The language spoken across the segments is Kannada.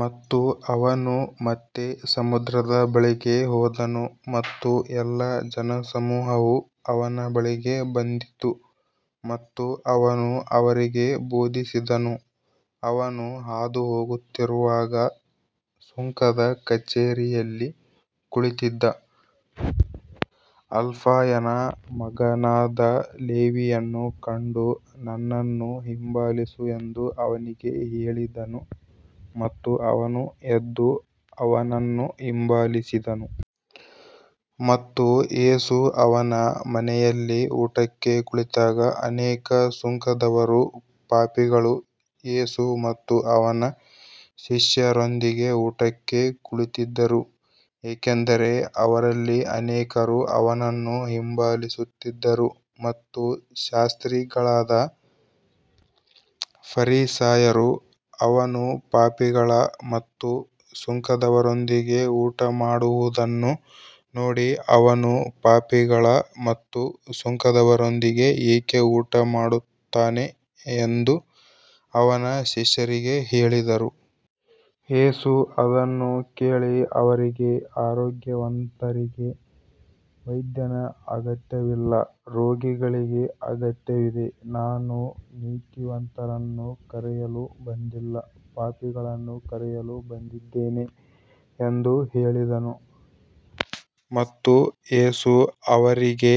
ಮತ್ತು ಅವನು ಮತ್ತೆ ಸಮುದ್ರದ ಬಳಿಗೆ ಹೋದನು, ಮತ್ತು ಎಲ್ಲಾ ಜನಸಮೂಹವು ಅವನ ಬಳಿಗೆ ಬಂದಿತು, ಮತ್ತು ಅವನು ಅವರಿಗೆ ಬೋಧಿಸಿದನು. ಅವನು ಹಾದುಹೋಗುತ್ತಿರುವಾಗ ಸುಂಕದ ಕಚೇರಿಯಲ್ಲಿ ಕುಳಿತಿದ್ದ ಅಲ್ಫಾಯನ ಮಗನಾದ ಲೇವಿಯನ್ನು ಕಂಡು, ನನ್ನನ್ನು ಹಿಂಬಾಲಿಸು ಎಂದು ಅವನಿಗೆ ಹೇಳಿದನು. ಮತ್ತು ಅವನು ಎದ್ದು ಅವನನ್ನು ಹಿಂಬಾಲಿಸಿದನು. ಮತ್ತು ಯೇಸು ಅವನ ಮನೆಯಲ್ಲಿ ಊಟಕ್ಕೆ ಕುಳಿತಾಗ, ಅನೇಕ ಸುಂಕದವರೂ ಪಾಪಿಗಳೂ ಯೇಸು ಮತ್ತು ಅವನ ಶಿಷ್ಯರೊಂದಿಗೆ ಊಟಕ್ಕೆ ಕುಳಿತಿದ್ದರು, ಏಕೆಂದರೆ ಅವರಲ್ಲಿ ಅನೇಕರು ಅವನನ್ನು ಹಿಂಬಾಲಿಸುತ್ತಿದ್ದರು. ಮತ್ತು ಶಾಸ್ತ್ರಿಗಳಾದ ಫರಿಸಾಯರು ಅವನು ಪಾಪಿಗಳ ಮತ್ತು ಸುಂಕದವರೊಂದಿಗೆ ಊಟಮಾಡುವುದನ್ನು ನೋಡಿ, ಅವನು ಪಾಪಿಗಳ ಮತ್ತು ಸುಂಕದವರೊಂದಿಗೆ ಏಕೆ ಊಟಮಾಡುತ್ತಾನೆ ಎಂದು ಅವನ ಶಿಷ್ಯರಿಗೆ ಹೇಳಿದರು. ಯೇಸು ಅದನ್ನು ಕೇಳಿ ಅವರಿಗೆ, ಆರೋಗ್ಯವಂತರಿಗೆ ವೈದ್ಯನ ಅಗತ್ಯವಿಲ್ಲ, ರೋಗಿಗಳಿಗೆ ಅಗತ್ಯವಿದೆ, ನಾನು ನೀತಿವಂತರನ್ನು ಕರೆಯಲು ಬಂದಿಲ್ಲ, ಪಾಪಿಗಳನ್ನು ಕರೆಯಲು ಬಂದಿದ್ದೇನೆ ಎಂದು ಹೇಳಿದನು. ಮತ್ತು ಯೇಸು ಅವರಿಗೆ,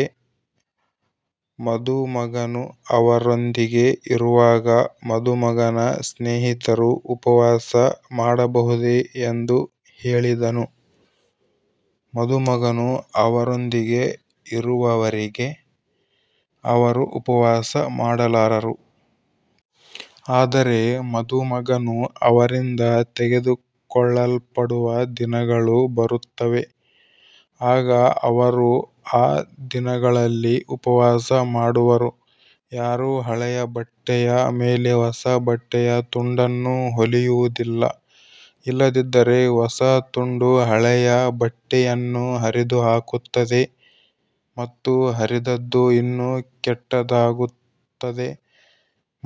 ಮದುಮಗನು ಅವರೊಂದಿಗೆ ಇರುವಾಗ ಮದುಮಗನ ಸ್ನೇಹಿತರು ಉಪವಾಸ ಮಾಡಬಹುದೇ ಎಂದು ಹೇಳಿದನು. ಮದುಮಗನು ಅವರೊಂದಿಗೆ ಇರುವವರೆಗೆ ಅವರು ಉಪವಾಸ ಮಾಡಲಾರರು. ಆದರೆ ಮದುಮಗನು ಅವರಿಂದ ತೆಗೆದುಕೊಳ್ಳಲ್ಪಡುವ ದಿನಗಳು ಬರುತ್ತವೆ, ಆಗ ಅವರು ಆ ದಿನಗಳಲ್ಲಿ ಉಪವಾಸ ಮಾಡುವರು. ಯಾರೂ ಹಳೆಯ ಬಟ್ಟೆಯ ಮೇಲೆ ಹೊಸ ಬಟ್ಟೆಯ ತುಂಡನ್ನು ಹೊಲಿಯುವುದಿಲ್ಲ, ಇಲ್ಲದಿದ್ದರೆ ಹೊಸ ತುಂಡು ಹಳೆಯ ಬಟ್ಟೆಯನ್ನು ಹರಿದುಹಾಕುತ್ತದೆ ಮತ್ತು ಹರಿದದ್ದು ಇನ್ನೂ ಕೆಟ್ಟದಾಗುತ್ತದೆ.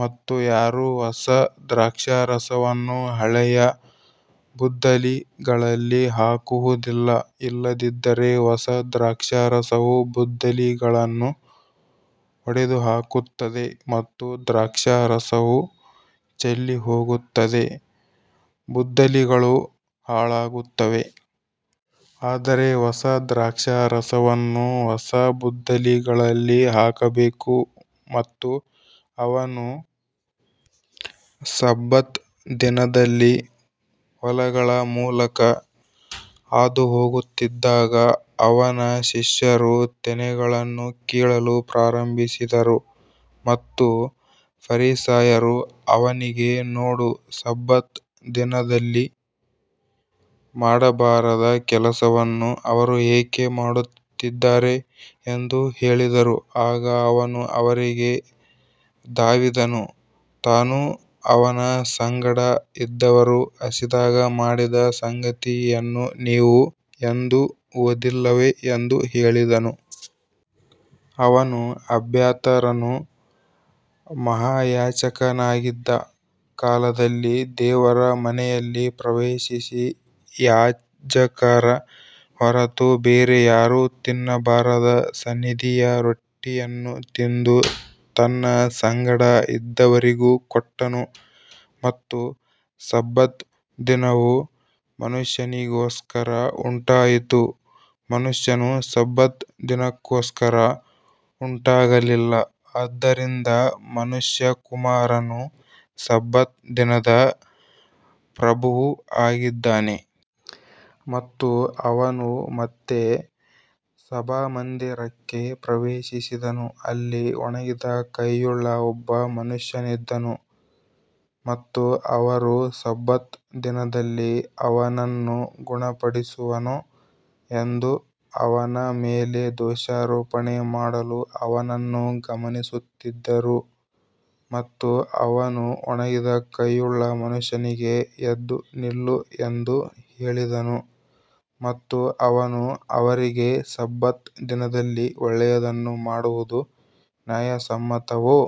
ಮತ್ತು ಯಾರೂ ಹೊಸ ದ್ರಾಕ್ಷಾರಸವನ್ನು ಹಳೆಯ ಬುದ್ದಲಿಗಳಲ್ಲಿ ಹಾಕುವುದಿಲ್ಲ, ಇಲ್ಲದಿದ್ದರೆ ಹೊಸ ದ್ರಾಕ್ಷಾರಸವು ಬುದ್ದಲಿಗಳನ್ನು ಒಡೆದುಹಾಕುತ್ತದೆ, ಮತ್ತು ದ್ರಾಕ್ಷಾರಸವೂ ಚೆಲ್ಲಿಹೋಗುತ್ತದೆ, ಬುದ್ದಲಿಗಳೂ ಹಾಳಾಗುತ್ತವೆ. ಆದರೆ ಹೊಸ ದ್ರಾಕ್ಷಾರಸವನ್ನು ಹೊಸ ಬುದ್ದಲಿಗಳಲ್ಲಿ ಹಾಕಬೇಕು. ಮತ್ತು ಅವನು ಸಬ್ಬತ್ ದಿನದಲ್ಲಿ ಹೊಲಗಳ ಮೂಲಕ ಹಾದುಹೋಗುತ್ತಿದ್ದಾಗ, ಅವನ ಶಿಷ್ಯರು ತೆನೆಗಳನ್ನು ಕೀಳಲು ಪ್ರಾರಂಭಿಸಿದರು. ಮತ್ತು ಫರಿಸಾಯರು ಅವನಿಗೆ, ನೋಡು, ಸಬ್ಬತ್ ದಿನದಲ್ಲಿ ಮಾಡಬಾರದ ಕೆಲಸವನ್ನು ಅವರು ಏಕೆ ಮಾಡುತ್ತಿದ್ದಾರೆ ಎಂದು ಹೇಳಿದರು. ಆಗ ಅವನು ಅವರಿಗೆ, ದಾವೀದನು ತಾನೂ ಅವನ ಸಂಗಡ ಇದ್ದವರೂ ಹಸಿದಾಗ ಮಾಡಿದ ಸಂಗತಿಯನ್ನು ನೀವು ಎಂದೂ ಓದಿಲ್ಲವೇ ಎಂದು ಹೇಳಿದನು. ಅವನು ಅಬ್ಯಾಥರನು ಮಹಾಯಾಜಕನಾಗಿದ್ದ ಕಾಲದಲ್ಲಿ ದೇವರ ಮನೆಯಲ್ಲಿ ಪ್ರವೇಶಿಸಿ, ಯಾಜಕರ ಹೊರತು ಬೇರೆ ಯಾರೂ ತಿನ್ನಬಾರದ ಸನ್ನಿಧಿಯ ರೊಟ್ಟಿಯನ್ನು ತಿಂದು, ತನ್ನ ಸಂಗಡ ಇದ್ದವರಿಗೂ ಕೊಟ್ಟನು. ಮತ್ತು ಸಬ್ಬತ್ ದಿನವು ಮನುಷ್ಯನಿಗೋಸ್ಕರ ಉಂಟಾಯಿತು, ಮನುಷ್ಯನು ಸಬ್ಬತ್ ದಿನಕ್ಕೋಸ್ಕರ ಉಂಟಾಗಲಿಲ್ಲ. ಆದ್ದರಿಂದ ಮನುಷ್ಯಕುಮಾರನು ಸಬ್ಬತ್ ದಿನದ ಪ್ರಭುವೂ ಆಗಿದ್ದಾನೆ. ಮತ್ತು ಅವನು ಮತ್ತೆ ಸಭಾಮಂದಿರಕ್ಕೆ ಪ್ರವೇಶಿಸಿದನು. ಅಲ್ಲಿ ಒಣಗಿದ ಕೈಯುಳ್ಳ ಒಬ್ಬ ಮನುಷ್ಯನಿದ್ದನು. ಮತ್ತು ಅವರು ಸಬ್ಬತ್ ದಿನದಲ್ಲಿ ಅವನನ್ನು ಗುಣಪಡಿಸುವನೋ ಎಂದು ಅವನ ಮೇಲೆ ದೋಷಾರೋಪಣೆ ಮಾಡಲು ಅವನನ್ನು ಗಮನಿಸುತ್ತಿದ್ದರು. ಮತ್ತು ಅವನು ಒಣಗಿದ ಕೈಯುಳ್ಳ ಮನುಷ್ಯನಿಗೆ, ಎದ್ದು ನಿಲ್ಲು ಎಂದು ಹೇಳಿದನು. ಮತ್ತು ಅವನು ಅವರಿಗೆ, ಸಬ್ಬತ್ ದಿನದಲ್ಲಿ ಒಳ್ಳೆಯದನ್ನು ಮಾಡುವುದು ನ್ಯಾಯಸಮ್ಮತವೋ,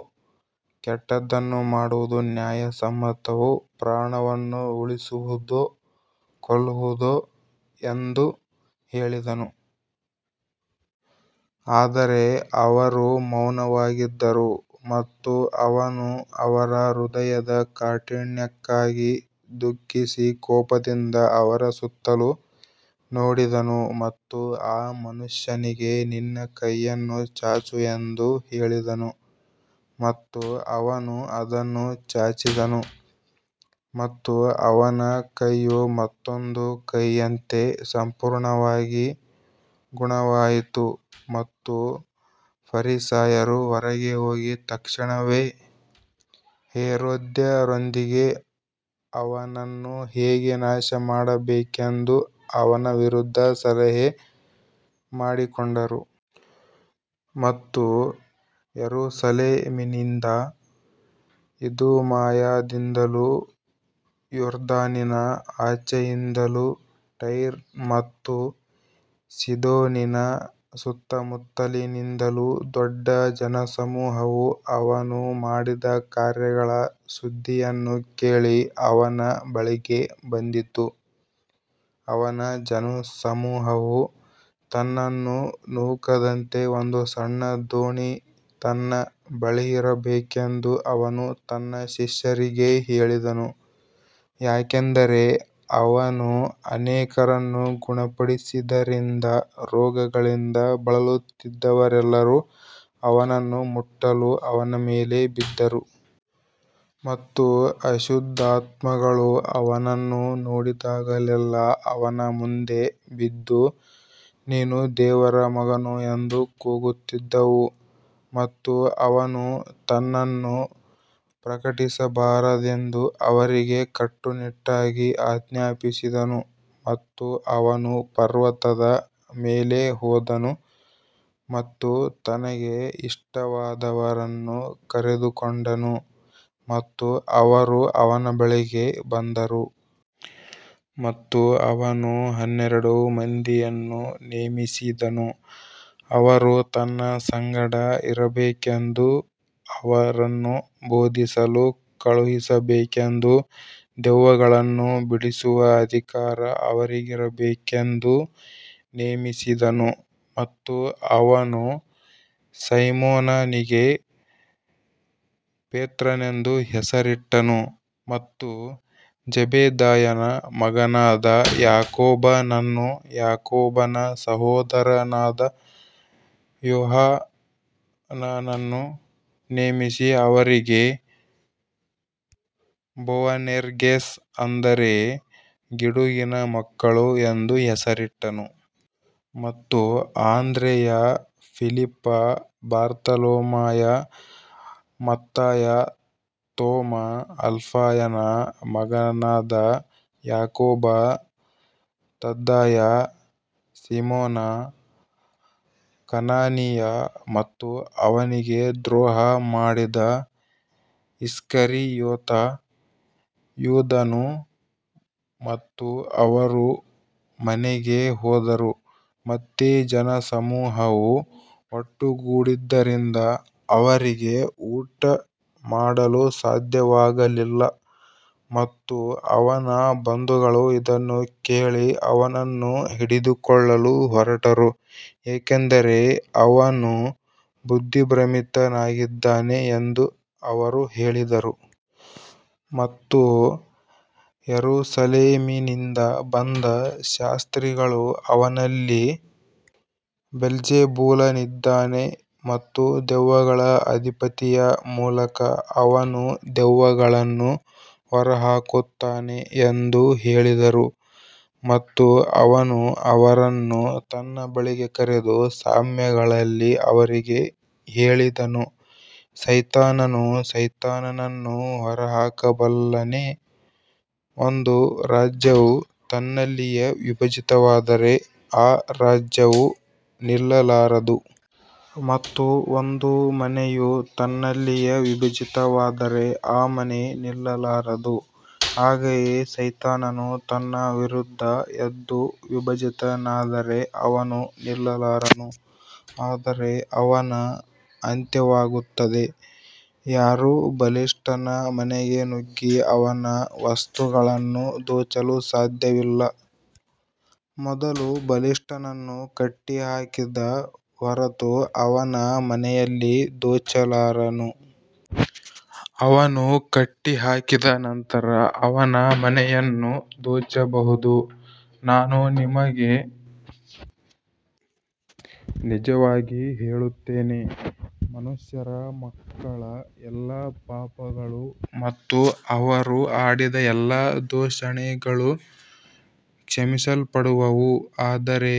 ಕೆಟ್ಟದ್ದನ್ನು ಮಾಡುವುದು ನ್ಯಾಯಸಮ್ಮತವೋ, ಪ್ರಾಣವನ್ನು ಉಳಿಸುವುದೋ, ಕೊಲ್ಲುವುದೋ ಎಂದು ಕೇಳಿದನು. ಆದರೆ ಅವರು ಮೌನವಾಗಿದ್ದರು. ಮತ್ತು ಅವನು ಅವರ ಹೃದಯದ ಕಾಠಿಣ್ಯಕ್ಕಾಗಿ ದುಃಖಿಸಿ, ಕೋಪದಿಂದ ಅವರ ಸುತ್ತಲೂ ನೋಡಿದನು ಮತ್ತು ಆ ಮನುಷ್ಯನಿಗೆ, ನಿನ್ನ ಕೈಯನ್ನು ಚಾಚು ಎಂದು ಹೇಳಿದನು. ಮತ್ತು ಅವನು ಅದನ್ನು ಚಾಚಿದನು, ಮತ್ತು ಅವನ ಕೈಯು ಮತ್ತೊಂದು ಕೈಯಂತೆ ಸಂಪೂರ್ಣವಾಗಿ ಗುಣವಾಯಿತು. ಮತ್ತು ಫರಿಸಾಯರು ಹೊರಗೆ ಹೋಗಿ, ತಕ್ಷಣವೇ ಹೆರೋದ್ಯರೊಂದಿಗೆ ಅವನನ್ನು ಹೇಗೆ ನಾಶಮಾಡಬೇಕೆಂದು ಅವನ ವಿರುದ್ಧ ಸಲಹೆ ಮಾಡಿಕೊಂಡರು. ಮತ್ತು ಯೆರೂಸಲೇಮಿನಿಂದಲೂ, ಇದೂಮಾಯದಿಂದಲೂ, ಯೊರ್ದಾನಿನ ಆಚೆಯಿಂದಲೂ, ಟೈರ್ ಮತ್ತು ಸೀದೋನಿನ ಸುತ್ತಮುತ್ತಲಿನಿಂದಲೂ ದೊಡ್ಡ ಜನಸಮೂಹವು ಅವನು ಮಾಡಿದ ಕಾರ್ಯಗಳ ಸುದ್ದಿಯನ್ನು ಕೇಳಿ ಅವನ ಬಳಿಗೆ ಬಂದಿತು. ಮತ್ತು ಜನಸಮೂಹವು ತನ್ನನ್ನು ನೂಕದಂತೆ ಒಂದು ಸಣ್ಣ ದೋಣಿ ತನ್ನ ಬಳಿಯಿರಬೇಕೆಂದು ಅವನು ತನ್ನ ಶಿಷ್ಯರಿಗೆ ಹೇಳಿದನು. ಯಾಕಂದರೆ ಅವನು ಅನೇಕರನ್ನು ಗುಣಪಡಿಸಿದ್ದರಿಂದ, ರೋಗಗಳಿಂದ ಬಳಲುತ್ತಿದ್ದವರೆಲ್ಲರೂ ಅವನನ್ನು ಮುಟ್ಟಲು ಅವನ ಮೇಲೆ ಬಿದ್ದರು. ಮತ್ತು ಅಶುದ್ಧಾತ್ಮಗಳು ಅವನನ್ನು ನೋಡಿದಾಗಲೆಲ್ಲಾ ಅವನ ಮುಂದೆ ಬಿದ್ದು, ನೀನು ದೇವರ ಮಗನು ಎಂದು ಕೂಗುತ್ತಿದ್ದವು. ಮತ್ತು ಅವನು ತನ್ನನ್ನು ಪ್ರಕಟಿಸಬಾರದೆಂದು ಅವರಿಗೆ ಕಟ್ಟುನಿಟ್ಟಾಗಿ ಆಜ್ಞಾಪಿಸಿದನು. ಮತ್ತು ಅವನು ಪರ್ವತದ ಮೇಲೆ ಹೋದನು ಮತ್ತು ತನಗೆ ಇಷ್ಟವಾದವರನ್ನು ಕರೆದುಕೊಂಡನು, ಮತ್ತು ಅವರು ಅವನ ಬಳಿಗೆ ಬಂದರು. ಮತ್ತು ಅವನು ಹನ್ನೆರಡು ಮಂದಿಯನ್ನು ನೇಮಿಸಿದನು, ಅವರು ತನ್ನ ಸಂಗಡ ಇರಬೇಕೆಂದೂ ಅವರನ್ನು ಬೋಧಿಸಲು ಕಳುಹಿಸಬೇಕೆಂದೂ, ದೆವ್ವಗಳನ್ನು ಬಿಡಿಸುವ ಅಧಿಕಾರ ಅವರಿಗಿರಬೇಕೆಂದೂ ನೇಮಿಸಿದನು. ಮತ್ತು ಅವನು ಸೈಮೋನನಿಗೆ ಪೇತ್ರನೆಂದು ಹೆಸರಿಟ್ಟನು. ಮತ್ತು ಜೆಬೆದಾಯನ ಮಗನಾದ ಯಾಕೋಬನನ್ನೂ, ಯಾಕೋಬನ ಸಹೋದರನಾದ ಯೋಹಾನನನ್ನೂ ನೇಮಿಸಿ, ಅವರಿಗೆ ಬೋವನೆರ್ಗೆಸ್, ಅಂದರೆ ಗುಡುಗಿನ ಮಕ್ಕಳು ಎಂದು ಹೆಸರಿಟ್ಟನು. ಮತ್ತು ಆಂದ್ರೆಯ, ಫಿಲಿಪ್ಪ, ಬಾರ್ತಲೋಮಾಯ, ಮತ್ತಾಯ, ತೋಮ, ಅಲ್ಫಾಯನ ಮಗನಾದ ಯಾಕೋಬ, ತದ್ದಾಯ, ಸೀಮೋನ ಕನಾನೀಯ, ಮತ್ತು ಅವನಿಗೆ ದ್ರೋಹ ಮಾಡಿದ ಇಸ್ಕರಿಯೋತ ಯೂದನು. ಮತ್ತು ಅವರು ಮನೆಗೆ ಹೋದರು. ಮತ್ತೆ ಜನಸಮೂಹವು ಒಟ್ಟುಗೂಡಿದ್ದರಿಂದ ಅವರಿಗೆ ಊಟಮಾಡಲೂ ಸಾಧ್ಯವಾಗಲಿಲ್ಲ. ಮತ್ತು ಅವನ ಬಂಧುಗಳು ಇದನ್ನು ಕೇಳಿ, ಅವನನ್ನು ಹಿಡಿದುಕೊಳ್ಳಲು ಹೊರಟರು, ಏಕೆಂದರೆ ಅವನು ಬುದ್ಧಿಭ್ರಮಿತನಾಗಿದ್ದಾನೆ ಎಂದು ಅವರು ಹೇಳಿದರು. ಮತ್ತು ಯೆರೂಸಲೇಮಿನಿಂದ ಬಂದ ಶಾಸ್ತ್ರಿಗಳು, ಅವನಲ್ಲಿ ಬೆಲ್ಜೆಬೂಲನಿದ್ದಾನೆ ಮತ್ತು ದೆವ್ವಗಳ ಅಧಿಪತಿಯ ಮೂಲಕ ಅವನು ದೆವ್ವಗಳನ್ನು ಹೊರಹಾಕುತ್ತಾನೆ ಎಂದು ಹೇಳಿದರು. ಮತ್ತು ಅವನು ಅವರನ್ನು ತನ್ನ ಬಳಿಗೆ ಕರೆದು ಸಾಮ್ಯಗಳಲ್ಲಿ ಅವರಿಗೆ ಹೇಳಿದನು, ಸೈತಾನನು ಸೈತಾನನನ್ನು ಹೊರಹಾಕಬಲ್ಲನೆ? ಒಂದು ರಾಜ್ಯವು ತನ್ನಲ್ಲಿಯೇ ವಿಭಜಿತವಾದರೆ ಆ ರಾಜ್ಯವು ನಿಲ್ಲಲಾರದು. ಮತ್ತು ಒಂದು ಮನೆಯು ತನ್ನಲ್ಲಿಯೇ ವಿಭಜಿತವಾದರೆ ಆ ಮನೆ ನಿಲ್ಲಲಾರದು. ಹಾಗೆಯೇ ಸೈತಾನನು ತನ್ನ ವಿರುದ್ಧ ಎದ್ದು ವಿಭಜಿತನಾದರೆ ಅವನು ನಿಲ್ಲಲಾರನು, ಆದರೆ ಅವನ ಅಂತ್ಯವಾಗುತ್ತದೆ. ಯಾರೂ ಬಲಿಷ್ಠನ ಮನೆಗೆ ನುಗ್ಗಿ ಅವನ ವಸ್ತುಗಳನ್ನು ದೋಚಲು ಸಾಧ್ಯವಿಲ್ಲ, ಮೊದಲು ಬಲಿಷ್ಠನನ್ನು ಕಟ್ಟಿಹಾಕಿದ ಹೊರತು ಅವನ ಮನೆಯನ್ನು ದೋಚಲಾರನು. ಅವನು ಕಟ್ಟಿಹಾಕಿದ ನಂತರ ಅವನ ಮನೆಯನ್ನು ದೋಚಬಹುದು. ನಾನು ನಿಮಗೆ ನಿಜವಾಗಿ ಹೇಳುತ್ತೇನೆ, ಮನುಷ್ಯರ ಮಕ್ಕಳ ಎಲ್ಲಾ ಪಾಪಗಳೂ ಮತ್ತು ಅವರು ಆಡಿದ ಎಲ್ಲಾ ದೂಷಣೆಗಳೂ ಕ್ಷಮಿಸಲ್ಪಡುವವು. ಆದರೆ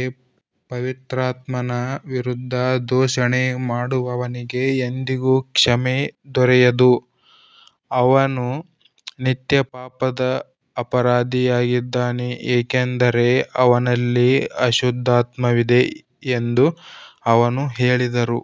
ಪವಿತ್ರಾತ್ಮನ ವಿರುದ್ಧ ದೂಷಣೆ ಮಾಡುವವನಿಗೆ ಎಂದಿಗೂ ಕ್ಷಮೆ ದೊರೆಯದು, ಅವನು ನಿತ್ಯ ಪಾಪದ ಅಪರಾಧಿಯಾಗಿದ್ದಾನೆ. ಏಕೆಂದರೆ ಅವನಲ್ಲಿ ಅಶುದ್ಧಾತ್ಮವಿದೆ ಎಂದು ಅವರು ಹೇಳಿದರು.